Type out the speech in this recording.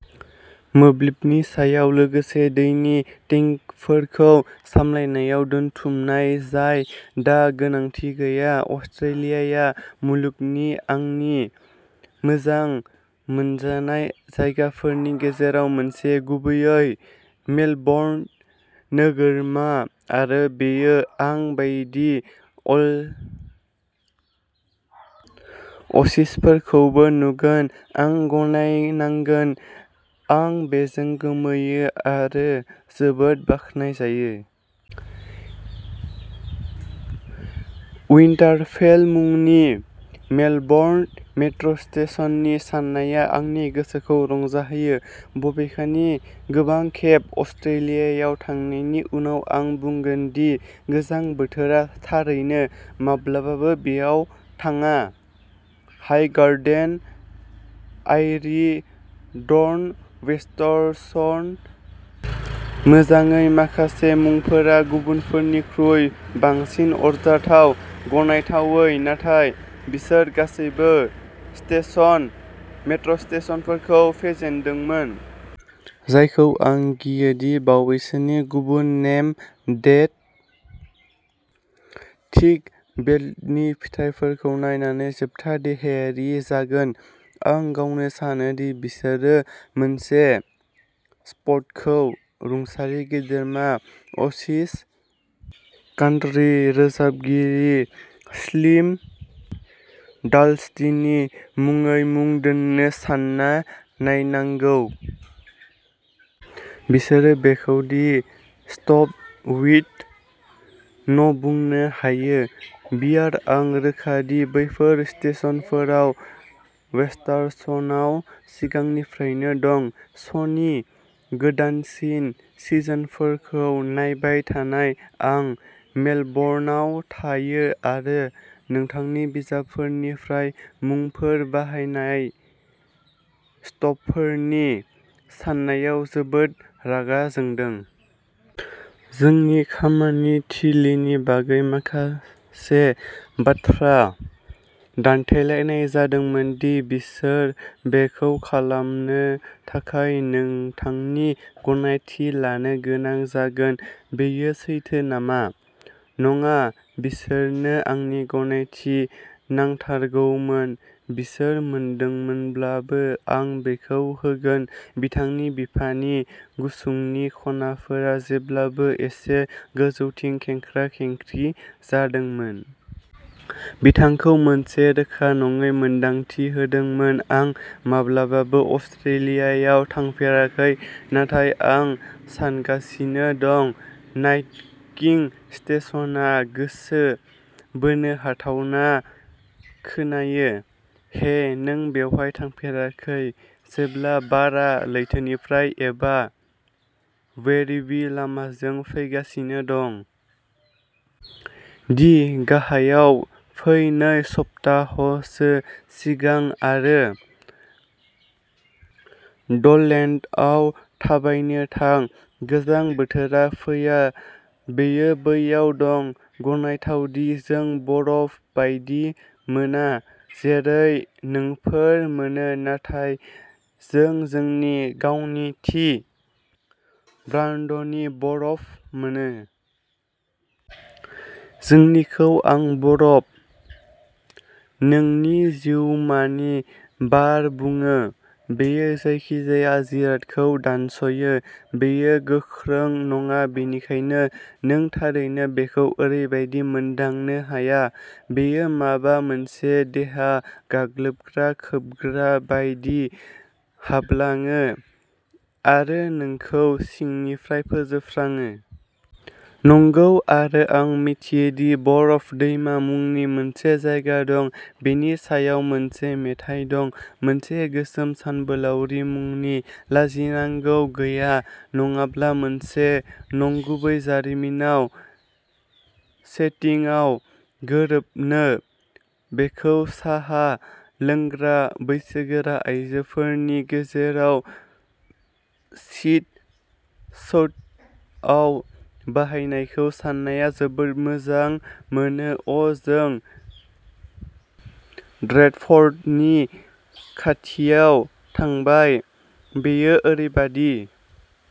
मोब्लिबनि सायाव लोगोसे दैनि टेंकफोरखौ सामलायनायाव दोनथुमनाय जाय दा गोनांथि गैया। अस्ट्रेलियाया मुलुगनि आंनि मोजां मोनजानाय जायगाफोरनि गेजेराव मोनसे, गुबैयै मेलबर्न नोगोरमा आरो बेयो आं बायदि अ असिसफोरखौबो नुगोन। आं गनायनांगोन, आं बेजों गोमोयो आरो जोबोद बाख्नायजायो। उइन्टारफेल मुंनि मेलबर्न मेट्र'स्टेशननि साननाया आंनि गोसोखौ रंजाहोयो। बबेखानि, गोबां खेब अस्ट्रेलियायाव थांखांनायनि उनाव, आं बुंगोन दि गोजां बोथोरा थारैनो माब्लाबाबो बेयाव थाङा। हाइगार्डेन, आइरी, डर्न, वेस्टरसन मोजाङै, माखासे मुंफोरा गुबुनफोरनिख्रुइ बांसिन अरजाथाव, गनायथावै, नाथाय बिसोर गासैबो स्टेशन मेट्रसिटेशनफोरखौ फेजेनदोंमोन। जायखौ आं गियो दि बावैसोनि गुबुन नेम देट थिग बेलटनि फिथायफोरखौ नायनानै जोबथा देहोआरि जागोन। आं गावनो सानो दि बिसोरो मोनसे स्पटखौ रुंसारि गेदेमा असिसि कान्ट्रि रोजाबगिरि स्लिम डालसदिनि मुङै मुं दोन्नो सानना नायनांगौ। बिसोरो बेखौ दि स्टप उइद न'बुंनो हायो। बियार आं रोखा दि बैफोर स्टेशनफोरा वेस्टर'सनाव सिगांनिफ्रायनो दं। श'नि गोदानसिन सिजनफोरखौ नायबाय थानाय। आं मेलबर्नआव थायो आरो नोंथांनि बिजाबफोरनिफ्राय मुंफोर बाहायनाय स्टपफोरनि साननायाव जोबोद रागा जोंदों। जोंनि खामानि थिलिनि बागै माखासे बाथ्रा दान्थेलायनाय जादोंमोन दि बिसोर बेखौ खालामनो थाखाय नोंथांनि गनायथि लानो गोनां जागोन। बेयो सैथो नामा? नङा, बिसोरनो आंनि गनायथि नांथारगौमोन। बिसोर मोनदोंमोनब्लाबो, आं बेखौ होगोन। बिथांनि बिफानि गुसुंनि खनाफोरा जेब्लाबो एसे गोजौथिं खेंख्रा-खेंख्रि जादोंमोन। बिथांखौ मोनसे रोखा नङै मोनदांथि होदोंमोन। आं माब्लाबाबो अस्ट्रेलियायाव थाफेराखै, नाथाय आं सानगासिनो दं नाइट किं स्टेशनआ गोसो बोनो हाथावना खोनायो। हे, नों बेवहाय थाफेराखै जेब्ला बारआ लैथोनिफ्राय एबा वेरिबि लामाजों फैगासिनो दं। डि गाहायाव फै नै सप्ताहसो सिगां आरो डलेन्डआव थाबायनो थां। गोजां बोथोरा फैया, बेयो बैयाव दं। गनायथाव दि जों बरफ बायदि मोना जेरै नोंफोर मोनो, नाथाय जों जोंनि गावनि थि ब्रान्डनि बरफ मोनो। जोंनिखौनो आं बरफ नोंनि जिउमानि बार बुङो। बेयो जायखिजाया जिरादखौ दानस'यो। बेयो गोख्रों नङा बेनिखायनो नों थारैनो बेखौ ओरैबादि मोनदांनो हाया, बेयो माबा मोनसे देहा गाग्लोबग्रा खोबग्रा बायदि हाबलाङो आरो नोंखौ सिंनिफ्राय फोजोबस्राङो। नंगौ, आरो आं मिथियो दि बरफ दैमा मुंनि मोनसे जायगा दं। बेनि सायाव मोनसे मेथाइ दं। मोनसे गोसोम सानबोलावरि मुंनि लाजिनांगौ गैया, नङाब्ला मोनसे नंगुबै जारिमिनाव सेटिंआव गोरोबनो। बेखौ साहा लोंग्रा बैसोगोरा आयजोफोरनि गेजेराव चिट चौटआव बाहायनायखौ साननाया जोबोद मोजां मोनो। अ' जों ड्रेडफर्टनि खाथियाव थांबाय। बेयो ओरैबादि।